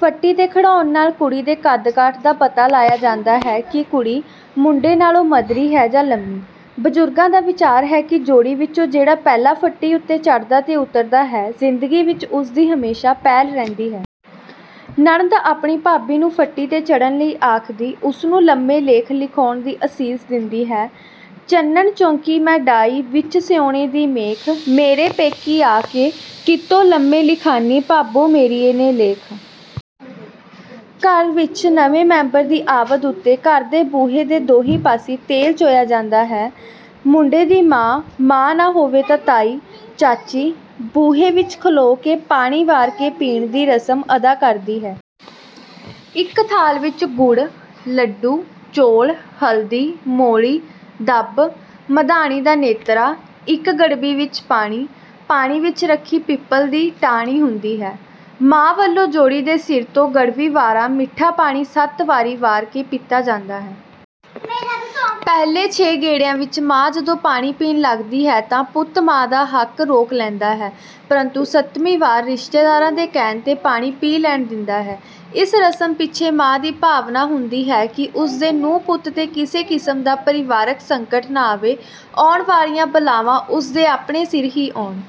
ਫੱਟੀ ਤੇ ਖੜ੍ਹਾਉਣ ਨਾਲ ਕੁੜੀ ਦੇ ਕਦ-ਕਾਠ ਦਾ ਪਤਾ ਲਾਇਆ ਜਾਂਦਾ ਹੈ ਕਿ ਕੁੜੀ, ਮੁੰਡੇ ਨਾਲੋਂ ਮਧਰੀ ਹੈ ਜਾਂ ਲੰਮੀ। ਬਜ਼ੁਰਗਾਂ ਦਾ ਵਿਚਾਰ ਹੈ ਕਿ ਜੋੜੀ ਵਿੱਚੋਂ ਜਿਹੜਾ ਪਹਿਲਾਂ ਫੱਟੀ ਉੱਤੇ ਚੜ੍ਹਦਾ ਤੇ ਉਤਰਦਾ ਹੈ, ਜ਼ਿੰਦਗੀ ਵਿੱਚ ਉਸ ਦੀ ਹਮੇਸ਼ਾ ਪਹਿਲ ਰਹਿੰਦੀ ਹੈ। ਨਣਦ ਆਪਣੀ ਭਾਬੀ ਨੂੰ ਫੱਟੀ ਤੇ ਚੜ੍ਹਨ ਲਈ ਆਖਦੀ, ਉਸਨੂੰ ਲੰਮੇ ਲੇਖ ਲਿਖਾਉਣ ਦੀ ਅਸੀਸ ਦਿੰਦੀ ਹੈ: "ਚੰਨਣ ਚੌਕੀ ਮੈਂ ਡਾਈ, ਵਿੱਚ ਸਿਉਣੇ ਦੀ ਮੇਖ। ਮੇਰੇ ਪੇਕੀ ਆ ਕੇ, ਕਿਤੋਂ ਲੰਮੇ ਲਿਖਾਈਨੀ ਭਾਬੋ ਮੇਰੀਏ ਨੀ ਲੇਖ।" ਘਰ ਵਿੱਚ ਨਵੇਂ ਮੈਂਬਰ ਦੀ ਆਵਦ ਉੱਤੇ ਘਰ ਦੇ ਬੂਹੇ ਦੇ ਦੋਹੀਂ ਪਾਸੇ ਤੇਲ ਚੋਇਆ ਜਾਂਦਾ ਹੈ। ਮੁੰਡੇ ਦੀ ਮਾਂ, ਮਾਂ ਨਾ ਹੋਵੇ ਤਾਂ ਤਾਈ, ਚਾਚੀ, ਬੂਹੇ ਵਿੱਚ ਖਲੋ ਕੇ 'ਪਾਣੀ ਵਾਰ ਕੇ ਪੀਣ' ਦੀ ਰਸਮ ਅਦਾ ਕਰਦੀ ਹੈ। ਇੱਕ ਥਾਲ ਵਿੱਚ ਗੁੜ, ਲੱਡੂ, ਚੌਲ, ਹਲਦੀ, ਮੌਲੀ, ਦੱਬ, ਮਧਾਣੀ ਦਾ ਨੇਤਰਾ, ਇੱਕ ਗੜਵੀ ਵਿੱਚ ਪਾਣੀ, ਪਾਣੀ ਵਿੱਚ ਰੱਖੀ ਪਿੱਪਲ ਦੀ ਫਾਹਣੀ ਹੁੰਦੀ ਹੈ। ਮਾਂ ਵੱਲੋਂ ਜੋੜੀ ਦੇ ਸਿਰ ਤੋਂ ਗੜਵੀ ਵਾਰਾ ਮਿੱਠਾ ਪਾਣੀ ਸੱਤ ਵਾਰੀ ਵਾਰ ਕੇ ਪੀਤਾ ਜਾਂਦਾ ਹੈ। ਪਹਿਲੇ ਛੇ ਗੇੜਿਆਂ ਵਿੱਚ ਮਾਂ ਜਦੋਂ ਪਾਣੀ ਪੀਣ ਲੱਗਦੀ ਹੈ ਤਾਂ ਪੁੱਤ ਮਾਂ ਦਾ ਹੱਕ ਰੋਕ ਲੈਂਦਾ ਹੈ, ਪਰੰਤੂ ਸਤਵੀਂ ਵਾਰ ਰਿਸ਼ਤੇਦਾਰਾਂ ਦੇ ਕਹਿਣ ਤੇ ਪਾਣੀ ਪੀ ਲੈਣ ਦਿੰਦਾ ਹੈ। ਇਸ ਰਸਮ ਪਿੱਛੇ ਮਾਂ ਦੀ ਭਾਵਨਾ ਹੁੰਦੀ ਹੈ ਕਿ ਉਸ ਦੇ ਨੂੰਹ-ਪੁੱਤ ਤੇ ਕਿਸੇ ਕਿਸਮ ਦਾ ਪਰਿਵਾਰਕ ਸੰਕਟ ਨਾ ਆਵੇ, ਆਉਣ ਵਾਲੀਆਂ ਬਲਾਵਾਂ ਉਸ ਦੇ ਆਪਣੇ ਸਿਰ ਹੀ ਆਉਣ।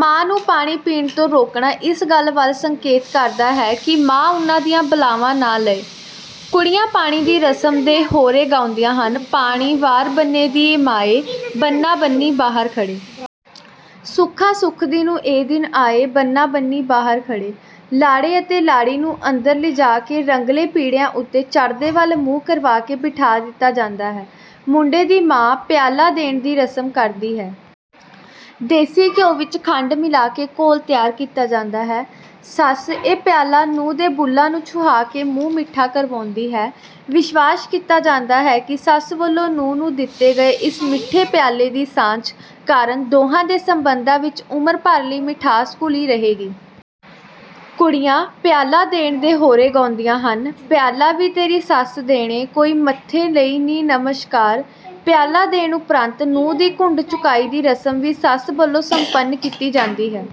ਮਾਂ ਨੂੰ ਪਾਣੀ ਪੀਣ ਤੋਂ ਰੋਕਣਾ ਇਸ ਗੱਲ ਵੱਲ ਸੰਕੇਤ ਕਰਦਾ ਹੈ ਕਿ ਮਾਂ ਉਨ੍ਹਾਂ ਦੀਆਂ ਬਲਾਵਾਂ ਨਾ ਲਏ। ਕੁੜੀਆਂ ਪਾਣੀ ਦੀ ਰਸਮ ਦੇ ਹੋਅਰੇ ਗਾਉਂਦੀਆਂ ਹਨ: "ਪਾਣੀ ਵਾਰ ਬੰਨੇ ਦੀਏ ਮਾਏ, ਬੰਨਾ-ਬੰਨੀ ਬਾਹਰ ਖੜ੍ਹੇ। ਸੁੱਖਾਂ ਸੁਖਦੀ ਨੂੰ ਇਹ ਦਿਨ ਆਏ, ਬੰਨਾ-ਬੰਨੀ ਬਾਹਰ ਖੜ੍ਹੇ।" ਲਾੜੇ ਅਤੇ ਲਾੜੀ ਨੂੰ ਅੰਦਰ ਲਿਜਾ ਕੇ ਰੰਗਲੇ ਪੀੜ੍ਹਿਆਂ ਉੱਤੇ ਚੜ੍ਹਦੇ ਵੱਲ ਮੂੰਹ ਕਰਵਾ ਕੇ ਬਿਠਾ ਦਿੱਤਾ ਜਾਂਦਾ ਹੈ। ਮੁੰਡੇ ਦੀ ਮਾਂ 'ਪਿਆਲਾ ਦੇਣ' ਦੀ ਰਸਮ ਕਰਦੀ ਹੈ। ਦੇਸੀ ਘਿਉ ਵਿੱਚ ਖੰਡ ਮਿਲਾ ਕੇ ਘੋਲ ਤਿਆਰ ਕੀਤਾ ਜਾਂਦਾ ਹੈ। ਸੱਸ, ਇਹ ਪਿਆਲਾ ਨੂੰਹ ਦੇ ਬੁੱਲ੍ਹਾਂ ਨੂੰ ਛੁਹਾ ਕੇ ਮੂੰਹ ਮਿੱਠਾ ਕਰਵਾਉਂਦੀ ਹੈ। ਵਿਸ਼ਵਾਸ ਕੀਤਾ ਜਾਂਦਾ ਹੈ ਕਿ ਸੱਸ ਵੱਲੋਂ ਨੂੰਹ ਨੂੰ ਦਿੱਤੇ ਗਏ ਇਸ ਮਿੱਠੇ ਪਿਆਲੇ ਦੀ ਸਾਂਝ ਕਾਰਨ ਦੋਹਾਂ ਦੇ ਸੰਬੰਧਾਂ ਵਿੱਚ ਉਮਰ ਭਰ ਲਈ ਮਿਠਾਸ ਘੁਲੀ ਰਹੇਗੀ। ਕੁੜੀਆਂ 'ਪਿਆਲਾ ਦੇਣ' ਦੇ ਹੋਅਰੇ ਗਾਉਂਦੀਆਂ ਹਨ: "ਪਿਆਲਾ ਵੀ ਤੇਰੀ ਸੱਸ ਦੇਣੇ, ਕੋਈ ਮੱਥੇ ਲਈ ਨੀ ਨਮਸ਼ਕਾਰ।" ਪਿਆਲਾ ਦੇਣ ਉਪਰੰਤ ਨੂੰਹ ਦੀ ਘੁੰਡ ਚੁਕਾਈ ਦੀ ਰਸਮ ਵੀ ਸੱਸ ਵੱਲੋਂ ਸੰਪੰਨ ਕੀਤੀ ਜਾਂਦੀ